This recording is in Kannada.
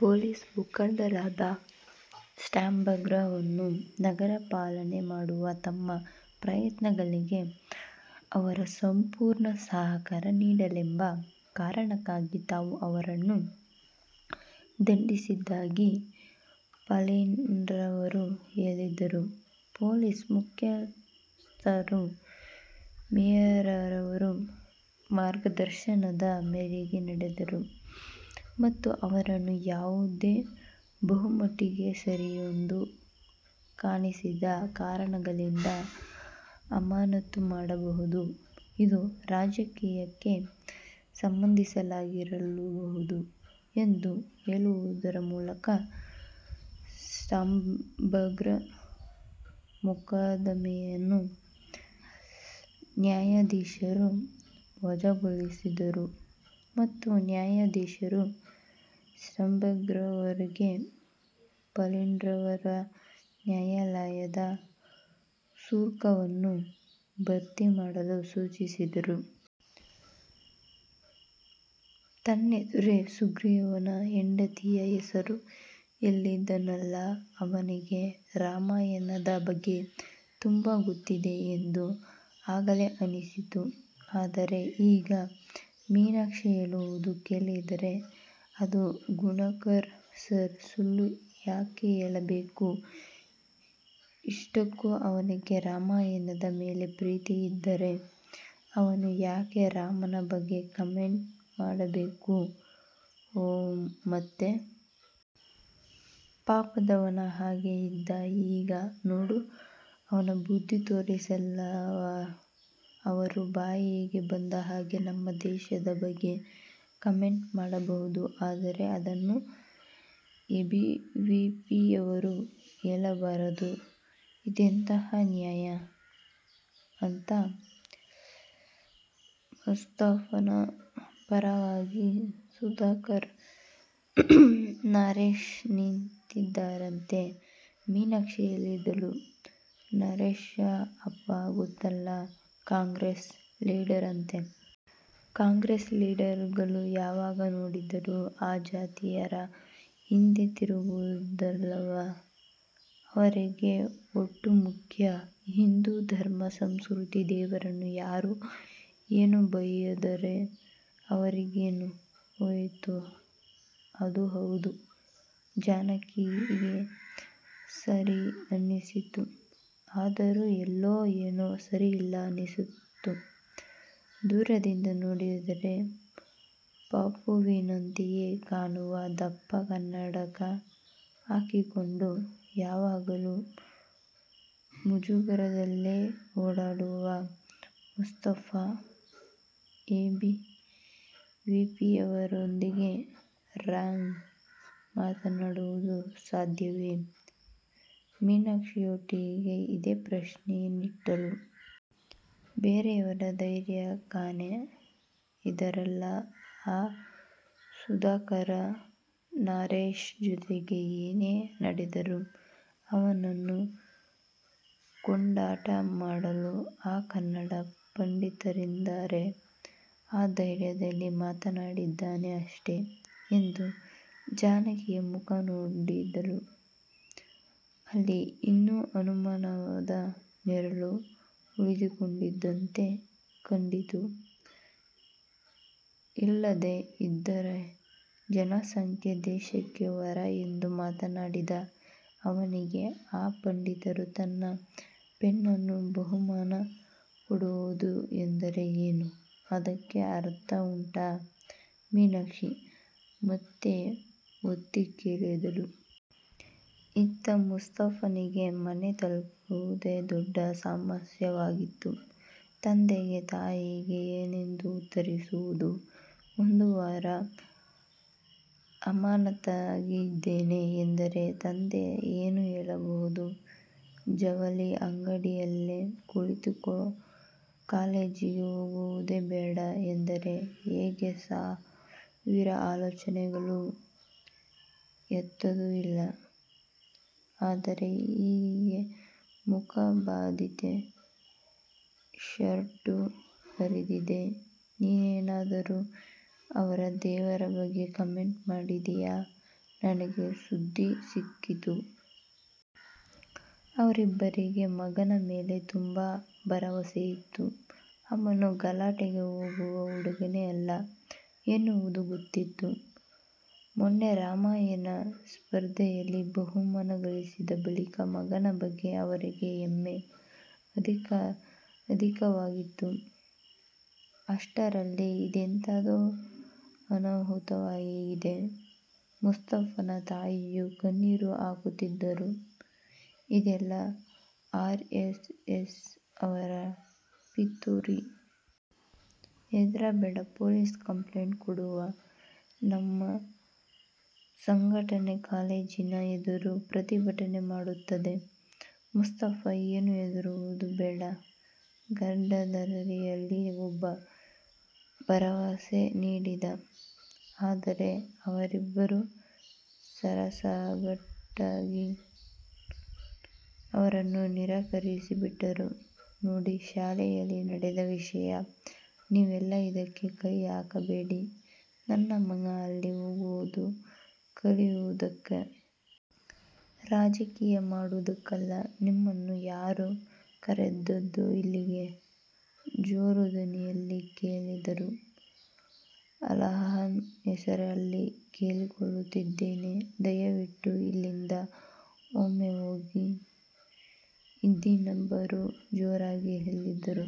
ಪೋಲಿಸ್ ಮುಖಂಡರಾದ ಸ್ಟಾಂಬಾಗ್ರವರು, ನಗರ ಪಾಲನೆ ಮಾಡುವ ತಮ್ಮ ಪ್ರಯತ್ನಗಳಿಗೆ ಅವರ ಸಂಪೂರ್ಣ ಸಹಕಾರ ನೀಡಿಲ್ಲವೆಂಬ ಕಾರಣಕ್ಕಾಗಿ ತಾವು ಅವರನ್ನು ದಂಡಿಸಿದ್ದಾಗಿ ಪಾಲಿನ್ರವರು ಹೇಳಿದರು. ಪೋಲಿಸ್ ಮುಖ್ಯಸ್ಥರು ಮೇಯರ್ರವರ ಮಾರ್ಗದರ್ಶನದ ಮೇರೆಗೆ ನಡೆದರು ಮತ್ತು ಅವರನ್ನು ಯಾವುದೇ ಬಹುಮಟ್ಟಿಗೆ ಸರಿಯೆಂದು ಕಾಣಿಸಿದ ಕಾರಣಗಳಿಂದ ಅಮಾನತು ಮಾಡಬಹುದು, ಇದು ರಾಜಕೀಯಕ್ಕೆ ಸಂಬಂದಿಸಿದ್ದಾಗಿರಲೂಬಹುದು, ಎಂದು ಹೇಳುವುದರ ಮೂಲಕ ಸ್ಟಾಂಬಾಗ್ರ ಮೊಕದ್ದಮೆಯನ್ನು ನ್ಯಾಯಾಧೀಶರು ವಜಾಗೊಳಿಸಿದರು ಮತ್ತು ನ್ಯಾಯಾಧೀಶರು ಸ್ಟಾಂಬಾಗ್ರವರಿಗೆ ಪಾಲಿನ್ರವರ ನ್ಯಾಯಾಲಯದ ಶುಲ್ಕವನ್ನು ಭರ್ತಿಮಾಡಲು ಸೂಚಿಸಿದರು. ತನ್ನೆದುರೇ ಸುಗ್ರೀವನ ಹೆಂಡತಿಯ ಹೆಸರು ಹೇಳಿದ್ದನಲ್ಲ ಅವನಿಗೆ ರಾಮಾಯಣದ ಬಗ್ಗೆ ತುಂಬಾ ಗೊತ್ತಿದೆ ಎಂದು ಆಗಲೇ ಅನ್ನಿಸಿತ್ತು. ಆದರೆ ಈಗ ಮೀನಾಕ್ಷಿ ಹೇಳುವುದು ಕೇಳಿದರೆ ಅದೂ ಗುಣಕರ್ ಸಾರ್ ಸುಳ್ಳು ಯಾಕೆ ಹೇಳಬೇಕು ಇಷ್ಟಕ್ಕೂ ಅವನಿಗೆ ರಾಮಾಯಣದ ಮೇಲೆ ಪ್ರೀತಿ ಇದ್ದರೆ, ಅವನು ಯಾಕೆ ರಾಮನ ಬಗ್ಗೆ ಕಮೆಂಟ್ ಮಾಡಬೇಕು ಹೂಂ ಮತ್ತೆ. ಪಾಪದವನ ಹಾಗೆ ಇದ್ದ. ಈಗ ನೋಡು, ಅವನ ಬುದ್ಧ್ದಿ ತೋರಿಸಲಿಲ್ಲವಾ ಅವರು ಬಾಯಿಗೆ ಬಂದ ಹಾಗೆ ನಮ್ಮ ದೇವರ ಬಗ್ಗೆ ಕಮೆಂಟ್ ಮಾಡಬಹುದು. ಆದರೆ ಅದನ್ನು ಎಬಿವಿಪಿಯವರು ಕೇಳಬಾರದು ಇದೆಂತಹ ನ್ಯಾಯಾ ಅಂತ ಮುಸ್ತಫಾನ ಪರವಾಗಿ ಸುಧಾಕರ, ನರೇಶ್ ನಿಂತಿದ್ದರಂತೆ' ಮೀನಾಕ್ಷಿ ಹೇಳಿದಳು. ನರೇಶ್ನ ಅಪ್ಪ ಗೊತ್ತಲ್ಲ ಕಾಂಗ್ರೆಸ್ನ ಲೀಡರ್ ಅಂತೆ. ಕಾಂಗ್ರೆಸ್ ಲೀಡರ್ಗಳು ಯಾವಾಗ ನೋಡಿದರೂ ಆ ಜಾತಿಯರ ಹಿಂದೆ ತಿರುಗುವುದಲ್ಲವಾ ಅವರಿಗೆ ಓಟು ಮುಖ್ಯ. ಹಿಂದೂ ಧರ್ಮ, ಸಂಸ್ಕೃತಿ, ದೇವರನ್ನು ಯಾರು ಏನು ಬೈದರೆ ಅವರಿಗೇನು ಹೋಯಿತು ಅದೂ ಹೌದು ಜಾನಕಿಗೆ ಸರಿ ಅನ್ನಿಸಿತು. ಆದರೂ ಎಲ್ಲೋ ಏನೋ ಸರಿ ಇಲ್ಲ ಅನ್ನಿಸಿತು. ದೂರದಿಂದ ನೋಡಿದರೆ ಪಪ್ಪುವಿನಂತೆಯೇ ಕಾಣುವ, ದಪ್ಪ ಕನ್ನಡಕ ಹಾಕಿಕೊಂಡು, ಯಾವಾಗಲೂ ಮುಜುಗರದಲ್ಲೇ ಓಡಾಡುವ ಮುಸ್ತಫಾ ಎಬಿವಿಪಿಯವರೊಂದಿಗೆ ರಾಂಗ್ ಮಾತನಾಡುವುದು ಸಾಧ್ಯವೇ ಮೀನಾಕ್ಷಿಯೊಟ್ಟಿಗೆ ಇದೇ ಪ್ರಶ್ನೆಯನ್ನಿಟ್ಟಳು. ''ಬೇರೆಯವರ ಧೈರ್ಯ ಕಣೇ ಇದ್ದಾರಲ್ಲ ಆ ಸುಧಾಕರ, ನರೇಶ್ ಜೊತೆಗೆ ಏನೇ ನಡೆದರೂ ಅವನನ್ನು ಕೊಂಡಾಟ ಮಾಡಲು ಆ ಕನ್ನಡ ಪಂಡಿತರಿದ್ದಾರೆ. ಆ ಧೈರ್ಯದಲ್ಲಿ ಮಾತನಾಡಿದ್ದಾನೆ ಅಷ್ಟೇ'' ಎಂದು ಜಾನಕಿಯ ಮುಖ ನೋಡಿದಳು. ಅಲ್ಲಿ ಇನ್ನೂ ಅನುಮಾನದ ನೆರಳು ಉಳಿದುಕೊಂಡಿದ್ದಂತೆ ಕಂಡಿತು ''ಇಲ್ಲದೇ ಇದ್ದರೆ ಜನಸಂಖ್ಯೆ ದೇಶಕ್ಕೆ ವರ ಎಂದು ಮಾತನಾಡಿದ ಅವನಿಗೆ ಆ ಪಂಡಿತರು ತನ್ನ ಪೆನ್ನನ್ನು ಬಹುಮಾನ ಕೊಡುವುದು ಎಂದರೆ ಏನು ಅದಕ್ಕೆ ಅರ್ಥ ಉಂಟಾ '' ಮೀನಾಕ್ಷಿ ಮತ್ತೆ ಒತ್ತಿ ಕೇಳಿದಳು. ಇತ್ತ ಮುಸ್ತಫಾನಿಗೆ ಮನೆ ತಲುಪುವುದೇ ದೊಡ್ಡ ಸಮಸ್ಯೆಯಾಗಿತ್ತು. ತಂದೆಗೆ, ತಾಯಿಗೆ ಏನೆಂದು ಉತ್ತರಿಸುವುದು ಒಂದು ವಾರ ಅಮಾನತಾಗಿದ್ದೇನೆ ಎಂದರೆ ತಂದೆ ಏನು ಹೇಳಬಹುದು ಜವಳಿ ಅಂಗಡಿ ಯಲ್ಲೇ ಕುಳಿತುಕೋ ಕಾಲೇಜಿಗೆ ಹೋಗುವುದೇ ಬೇಡ ಎಂದರೆ ಹೀಗೆ ಸಾವಿರ ಆಲೋಚನೆಗಳು ಎಂತದು ಇಲ್ಲ ಅಂದರೆ ಹೇಗೆ ಮುಖ ಬಾತಿದೆ, ಶರ್ಟು ಹರಿದಿದೆ ನೀನೇನಾದರೂ ಅವರ ದೇವರ ಬಗ್ಗೆ ಕಮೆಂಟ್ ಮಾಡಿದೆಯಾ ನನಗೆ ಸುದ್ದಿ ಸಿಕ್ಕಿತು. ಅವರಿಬ್ಬರಿಗೆ ಮಗನ ಮೇಲೆ ತುಂಬಾ ಭರವಸೆಯಿತ್ತು. ಅವನು ಗಲಾಟೆಗೆ ಹೋಗುವ ಹುಡುಗನೇ ಅಲ್ಲ ಎನ್ನುವುದೂ ಗೊತ್ತಿತ್ತು. ಮೊನ್ನೆ ರಾಮಾಯಣ ಸ್ಪರ್ಧೆಯಲ್ಲಿ ಬಹುಮಾನ ಗಳಿಸಿದ ಬಳಿಕ ಮಗನ ಬಗ್ಗೆ ಅವರಿಗೆ ಹೆಮ್ಮೆ ಅಧಿಕವಾಗಿತ್ತು. ಅಷ್ಟರಲ್ಲಿ ಇದೆಂತಹದೋ ಅನಾಹುತವಾಗಿದೆ. ಮುಸ್ತಫಾನ ತಾಯಿಯೂ ಕಣ್ಣೀರು ಹಾಕುತ್ತಿದ್ದರು. ''ಇದೆಲ್ಲ ಆರ್ ಎಸ್ ಎಸ್ ಅವರ ಪಿತೂರಿ. ಹೆದರಬೇಡ ಪೊಲೀಸ್ ಕಂಪ್ಲೇಂಟ್ ಕೊಡುವ. ನಮ್ಮ ಸಂಘಟನೆ ಕಾಲೇಜಿನ ಎದುರು ಪ್ರತಿಭಟನೆ ಮಾಡುತ್ತದೆ. ಮುಸ್ತಫಾ ಏನು ಹೆದರುವುದು ಬೇಡ'' ಗಡ್ಡಧಾರಿಯಲ್ಲಿ ಒಬ್ಬ ಭರವಸೆ ನೀಡಿದ. ಆದರೆ ಅವರಿಬ್ಬರು ಸಾರಾಸಗಟಾಗಿ ಅವರನ್ನು ನಿರಾಕರಿಸಿ ಬಿಟ್ಟರು ''ನೋಡಿ ಶಾಲೆಯಲ್ಲಿ ನಡೆದ ವಿಷಯ ನೀವೆಲ್ಲ ಇದಕ್ಕೆ ಕೈ ಹಾಕಬೇಡಿ. ನನ್ನ ಮಗ ಅಲ್ಲಿ ಹೋಗುವುದು ಕಲಿಯುವುದಕ್ಕೆ. ರಾಜಕೀಯ ಮಾಡುವುದಕ್ಕಲ್ಲ ನಿಮ್ಮನ್ನು ಯಾರು ಕರೆದದ್ದು ಇಲ್ಲಿಗೆ'' ಜೋರು ದನಿಯಲ್ಲಿ ಕೇಳಿದರು. ''ಅಲ್ಲಾಹನ ಹೆಸರಲ್ಲಿ ಕೇಳಿಕೊಳ್ಳುತ್ತಿದ್ದೇನೆ ದಯವಿಟ್ಟು ಇಲ್ಲಿಂದ ಒಮ್ಮೆ ಹೋಗಿ'' ಇದಿನಬ್ಬರು ಜೋರಾಗಿ ಹೇಳಿದರು.